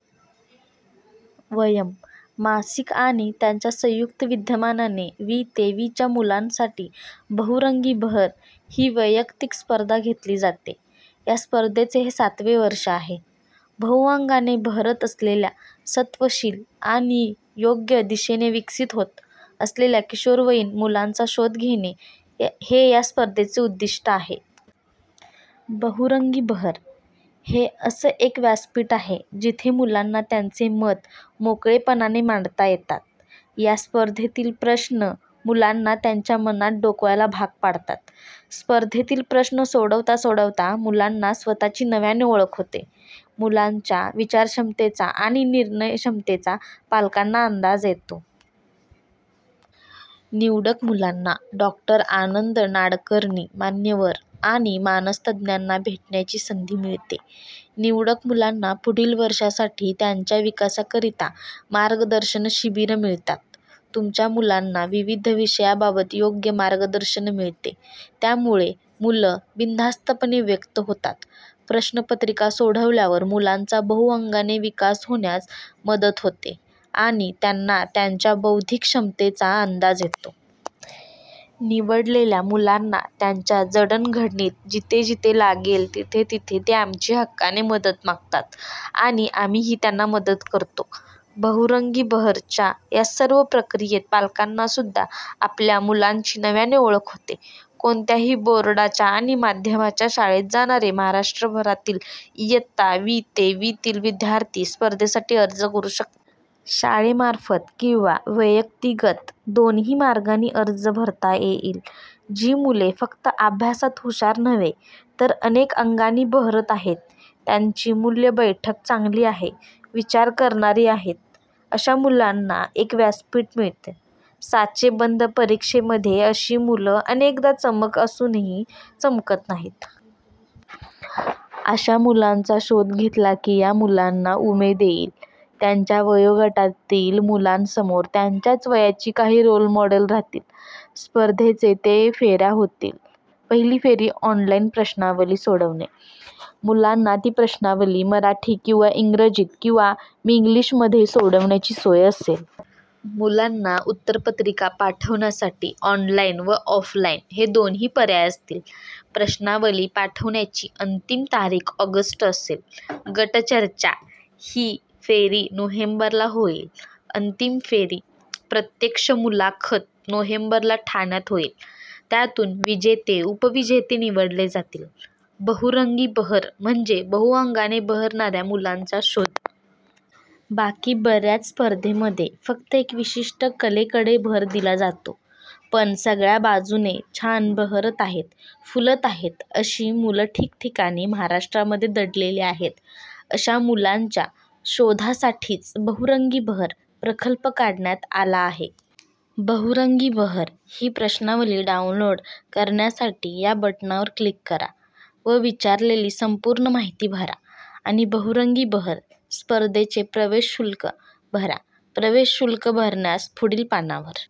'वयम्' मासिक आणि यांच्या संयुक्त विद्यमाने वी ते वीच्या मुलांसाठी 'बहुरंगी बहर' ही व्यक्तित्व स्पर्धा घेतली जाते. या स्पर्धेचे हे सातवे वर्ष आहे. बहुअंगाने बहरत असलेल्या, सत्वशील आणि योग्य दिशेने विकसित होत असलेल्या किशोरवयीन मुलांचा शोध घेणे, हे या स्पर्धेचे उद्दिष्ट आहे. 'बहुरंगी बहर' हे असं एक व्यासपीठ आहे, जिथे मुलांना त्यांची मतं मोकळेपणाने मांडता येतात. या स्पर्धेतील प्रश्न मुलांना त्यांच्या मनात डोकवायला भाग पाडतात. स्पर्धेतील प्रश्न सोडवता सोडवता मुलांना स्वतःची नव्याने ओळख होते. मुलांच्या विचारक्षमतेचा आणि निर्णयक्षमतेचा पालकांना अंदाज येतो. निवडक मुलांना डॉ. आनंद नाडकर्णी, मान्यवर आणि मानसतज्ज्ञाना भेटण्याची संधी मिळते. निवडक मुलांना पुढील वर्षांसाठी त्यांच्या विकासाकरिता मार्गदर्शन शिबिरं मिळतात. तुमच्या मुलांना विविध विषयांबाबत योग्य मार्गदर्शन मिळते त्यामुळे मुलं बिनधास्तपणे व्यक्त होतात. प्रश्नपत्रिका सोडवल्यावर, मुलांचा बहुअंगाने विकास होण्यास मदत होते आणि त्यांना त्यांच्या बौद्धिक क्षमतेचा अंदाज येतो. निवडलेल्या मुलांना त्यांच्या जडण-घडणीत जिथे-जिथे लागेल तिथे तिथे ते आमची हक्काने मदत मागतात आणि आम्हीही त्यांना मदत करतो. 'बहुरंगी बहर'च्या या सर्व प्रक्रियेत पालकांनासुद्धा आपल्या मुलांची नव्याने ओळख होते. कोणत्याही बोर्डाच्या आणि माध्यमाच्या शाळेत जाणारे महाराष्ट्रभरातील इयत्ता वी ते वीतील विद्यार्थी स्पर्धेसाठी अर्ज करू शकतात. शाळेमार्फत किंवा व्यक्तिगत दोन्ही मार्गांनी अर्ज भरता येईल. जी मुले फक्त अभ्यासात हुशार नव्हे, तर अनेक अंगांनी बहरत आहेत, त्यांची मूल्यबैठक चांगली आहे, विचार करणारी आहेत, अशा मुलांना एक व्यासपीठ मिळेल. साचेबंद परीक्षांमध्ये अशी मुले अनेकदा चमक असूनही चमकत नाहीत. अशा मुलांचा शोध घेतला की या मुलांना उमेद येईल. त्यांच्या वयोगटातील मुलांसमोर त्यांच्याच वयाची काही रोल मॉडेल राहतील. स्पर्धेच्या ते फेऱ्या होतील. पहिली फेरी- ऑनलाइन प्रश्नावली सोडवणे. मुलांना ती प्रश्नावली मराठी किंवा इंग्रजीत किंवा मिंग्लिशमध्ये सोडवण्याची सोय असेल. मुलांना उत्तरपत्रिका पाठवण्यासाठी ऑनलाइन व ऑफलाइन हे दोन्ही पर्याय असतील. प्रश्नावली पाठवण्याची अंतिम तारीख ऑगस्ट असेल. गटचर्चा- ही फेरी नोव्हेंबरला होईल. अंतिम फेरी- प्रत्यक्ष मुलाखत नोव्हेंबरला ठाण्यात होईल. त्यातून विजेते-उपविजेते निवडले जातील. 'बहुरंगी बहर' म्हणजे बहुअंगाने बहरणाऱ्या मुलांचा शोध. बाकी बऱ्याच स्पर्धेमध्ये फक्त एका विशिष्ट कलेकडे भर दिला जातो. पण सगळ्या बाजूने छान बहरत आहेत, फुलत आहेत अशी मुलं ठिकठिकाणी महाराष्ट्रामध्ये दडलेली आहेत. अशा मुलांच्या शोधासाठीच 'बहुरंगी बहर' प्रकल्प काढण्यात आला आहे. 'बहुरंगी बहर' ची प्रश्नावली डाऊनलोड करण्यासाठी या बटणावर क्लिक करा व विचारलेली संपूर्ण माहिती भरा आणि बहुरंगी बहर स्पर्धेचे प्रवेश शुल्क भरा. प्रवेश शुल्क भरल्यास पुढील पानावर